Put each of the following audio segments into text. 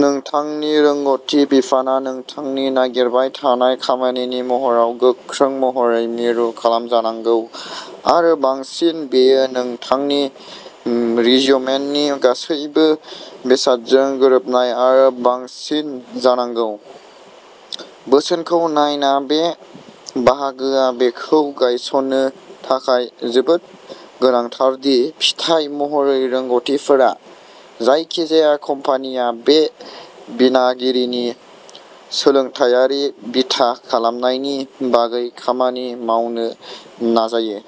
नोंथांनि रोंग'थि बिफानआ नोंथांनि नागिरबाय थानाय खामानिनि महराव गोख्रों महरै मिरु खालामजानांगौ आरो बांसिन बेयो नोंथांनि रिज्यूमेनि गासैबो बेसादजों गोरोबनाय आरो बांसिन जानांगौ। बोसोनखौ नायना बे बाहागोआ बेखौ गायसननो थाखाय जोबोद गोनांथार दि फिथाय महरै रोंग'थिफोरा, जायखिजाया कम्पानिया बे बिनायगिरिनि सोलोंथायारि बिथा खालामनायनि बागै खामानि मावनो नाजायो।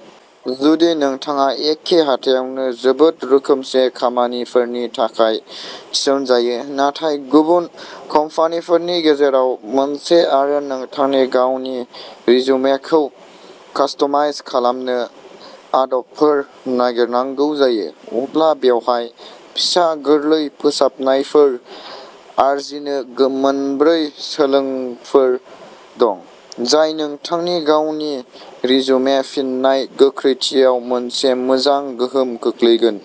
जुदि नोंथाङा एखे हाथायावनो जोबोद रोखोमसे खामानिफोरनि थाखाय थिसनजायो, नाथाय गुबुन कम्पानिफोरनि गेजेराव मोनसे आरो नोंथांनि गावनि रिज्यूमेखौ कास्टमाइज खालामनो आदबफोर नागिरनांगौ जायो, अब्ला बेवहाय फिसा, गोरलै फोसाबनायफोर आर्जिनो मोनब्रै सोलोफोर दं, जाय नोंथांनि गावनि रिज्यूमे फिननाय गोख्रैथियाव मोनसे मोजां गोहोम खोख्लैगोन।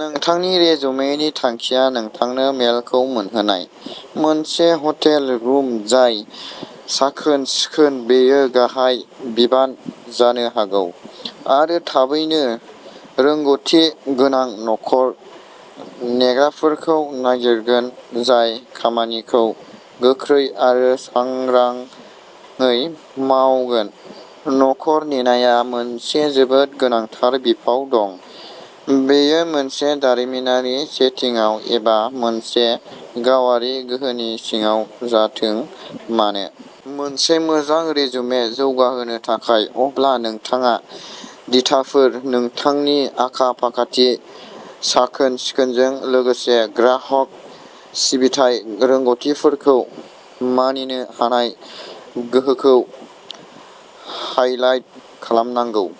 नोंथांनि रिजुमेनि थांखिया नोंथांनो मेलखौ मोनहोनाय। मोनसे ह'टेल रुम जाय साखोन-सिखोन, बेयो गाहाय बिबान जानो हागौ, आरो थाबैनो रोंग'थि गोनां न'खर नेग्राफोरखौ नागिरगोन जाय खामानिखौ गोख्रै आरो सांग्राङै मावगोन। न'खर नेनाया मोनसे जोबोद गोनांथार बिफाव दं, बेयो मोनसे दारिमिनारि सेटिंआव एबा मोनसे गावारि गोहोनि सिङाव जाथों मानो। मोनसे मोजां रिजुमे जौगाहोनो थाखाय, अब्ला नोंथाङा दिथाफोर, नोंथांनि आखा-फाखाथि, साखोन-सिखोनजों लोगोसे ग्राहक सिबिथाइ रोंग'थिफोरखौ मानिनो हानाय गोहोखौ हाईलाइट खालामनांगौ।